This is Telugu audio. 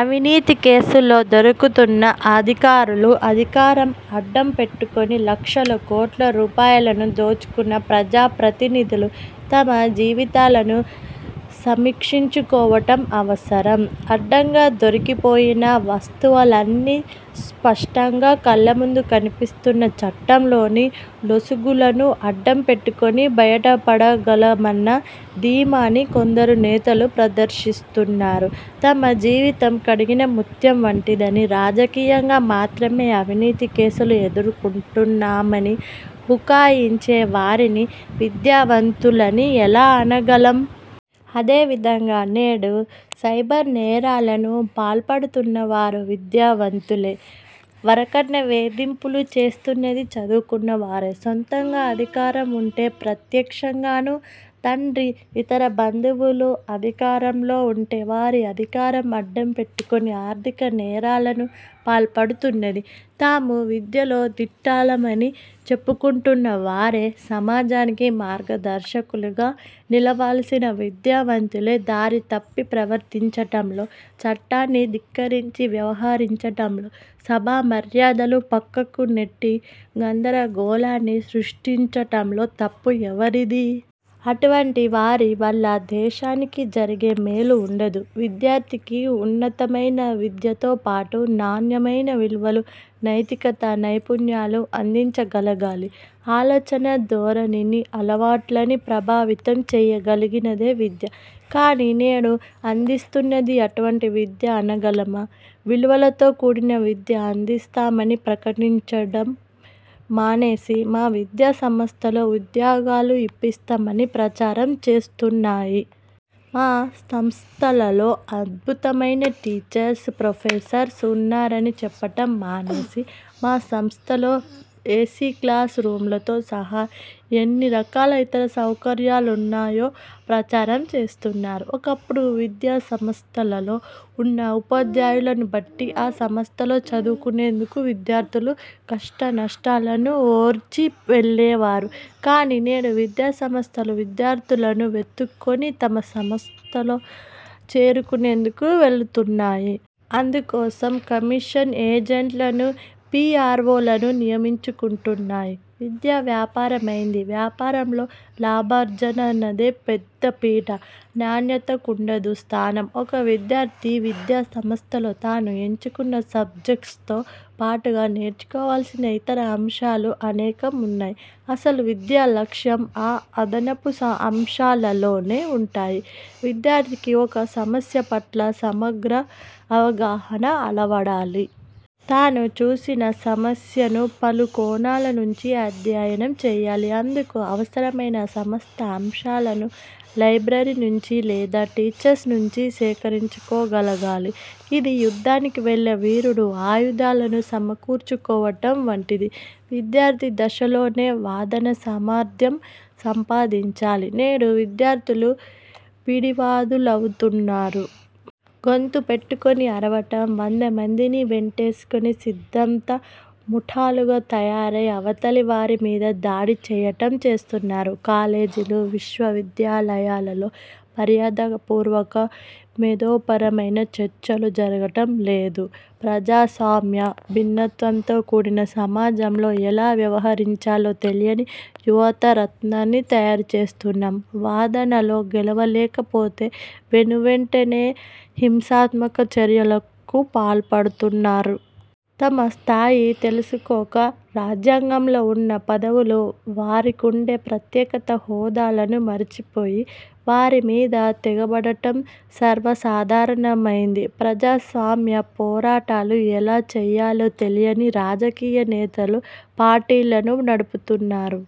అవినీతి కేసుల్లో దొరుకుతున్న అధికారులు, అధికారం అడ్డం పెట్టుకుని లక్షల కోట్ల రూపాయలను దోచుకున్న ప్రజాప్రతినిధులు తమ జీవితాలను సమీక్షించుకోవటం అవసరం. అడ్డంగా దొరికిపోయినా, వాస్తవాలన్నీ స్పష్టంగా కళ్ళముందు కనిపిస్తున్నా చట్టంలోని లొసుగులను అడ్డం పెట్టుకుని బయటపడగలమన్న ధీమాని కొందరు నేతలు ప్రదర్శిస్తున్నారు. తమ జీవితం కడిగిన ముత్యం వంటిదని, రాజకీయంగా మాత్రమే అవినీతి కేసులు ఎదుర్కొంటున్నామని బుకాయించే వారిని విద్యావంతులని ఎలా అనగలం! అదేవిధంగా నేడు సైబర్ నేరాలను పాల్పడుతున్న వారు విద్యావంతులే. వరకట్న వేధింపులు చేస్తున్నది చదువుకున్న వారే. సొంతగా అధికారం ఉంటే ప్రత్యక్షంగానూ, తండ్రి, ఇతర బంధువులో అధికారంలో ఉంటే వారి అధికారం అడ్డం పెట్టుకుని ఆర్థిక నేరాలను పాల్పడుతున్నది తాము విద్యలో దిట్టలమని చెప్పుకుంటున్నవారే. సమాజానికి మార్గదర్శకులుగా నిలవలసిన విద్యావంతులే దారితప్పి ప్రవర్తించటంలో, చట్టాన్ని ధిక్కరించి వ్యవహరించటంలో, సభా మర్యాదలు పక్కకునెట్టి గందరగోళాన్ని సృష్టించటంలో తప్పు ఎవరిది? అటువంటి వారి వల్ల దేశానికి జరిగే మేలు వుండదు. విద్యార్థికి ఉన్నతమైన విద్యతో పాటు నాణ్యమైన విలువలు, నైతికత, నైపుణ్యాలు అందించగలగాలి. ఆలోచనా ధోరణిని, అలవాట్లని ప్రభావితం చెయ్యగలిగినదే విద్య. కానీ నేడు అందిస్తున్నది అటువంటి విద్య అనగలమా! విలువలతో కూడిన విద్య అందిస్తామని ప్రకటించటం మానేసి, మా విద్యాసంస్థలో ఉద్యోగాలు ఇప్పిస్తాం అని ప్రచారం చేస్తున్నాయి. మా సంస్థలలో అద్భుతమైన టీచర్స్, ప్రొఫెసర్స్ ఉన్నారని చెప్పటం మానేసి, మా సంస్థలో ఏసీ క్లాసు రూములతో సహా ఎన్ని రకాల ఇతర సౌకర్యాలున్నాయో ప్రచారం చేస్తున్నారు. ఒకప్పుడు విద్యాసంస్థలలో ఉన్న ఉపాధ్యాయులను బట్టి ఆ సంస్థలో చదువుకునేందుకు విద్యార్థులు కష్టనష్టాలకు ఓర్చి వెళ్ళేవారు. కానీ నేడు విద్యాసంస్థలు విద్యార్థులను వెతుక్కుని తమ సంస్థలో చేర్చుకునేందుకు వెళుతున్నాయి. అందుకోసం కమిషన్ ఏజంట్లను, పీఆర్వోలను నియమించుకుంటున్నాయి. విద్య వ్యాపారమైంది. వ్యాపారంలో లాభార్జనదే పెద్ద పీట, నాణ్యతకుండదు స్థానం. ఒక విద్యార్థి విద్యాసంస్థలో తాను ఎంచుకున్న సబ్జెక్ట్స్తో పాటుగా నేర్చుకోవాల్సిన ఇతర అంశాలు అనేకం ఉన్నాయి. అసలు విద్య లక్ష్యం ఆ అదనపు అంశాలలోనే ఉంటాయి. విద్యార్థికి ఒక సమస్య పట్ల సమగ్ర అవగాహన అలవడాలి. తాను చూసిన సమస్యను పలు కోణాల నుంచి అధ్యయనం చేయాలి. అందుకు అవసరమైన సమస్త అంశాలను లైబ్రరీ నుంచి లేదా టీచర్స్ నుంచి సేకరించుకోగలగాలి. ఇది యుద్ధానికి వెళ్ళే వీరుడు ఆయుధాలను సమకూర్చుకోవటం వంటిది. విద్యార్థి దశలోనే వాదనా సామర్థ్యం సంపాదించాలి. నేడు విద్యార్థులు పిడివాదులవుతున్నారు. గొంతు పెట్టుకుని అరవటం, వందమందిని వెంటేసుకుని సిద్ధాంత ముఠాలుగా తయారై అవతలివారి మీద దాడి చెయ్యటం చేస్తున్నారు. కాలేజీలు, విశ్వవిద్యాలయాలలో మర్యాదపూర్వక, మేధోపరమైన చర్చలు జరగటం లేదు. ప్రజాస్వామ్య, భిన్నత్వంతో కూడిన సమాజంలో ఎలా వ్యవహరించాలో తెలియని యువతరాన్ని తయారుచేస్తున్నాం. వాదనలో గెలవలేకపోతే వెనువెంటనే హింసాత్మక చర్యలకు పాల్పడుతున్నారు. తమస్థాయి తెలుసుకోక, రాజ్యాంగంలో ఉన్న పదవులు వారికుండే ప్రత్యేక హోదాలను మరచిపోయి వారి మీద తెగబడటం సర్వసాధారణమైంది. ప్రజాస్వామ్య పోరాటాలు ఎలా చెయ్యాలో తెలియని రాజకీయ నేతలు పార్టీలను నడుపుతున్నారు.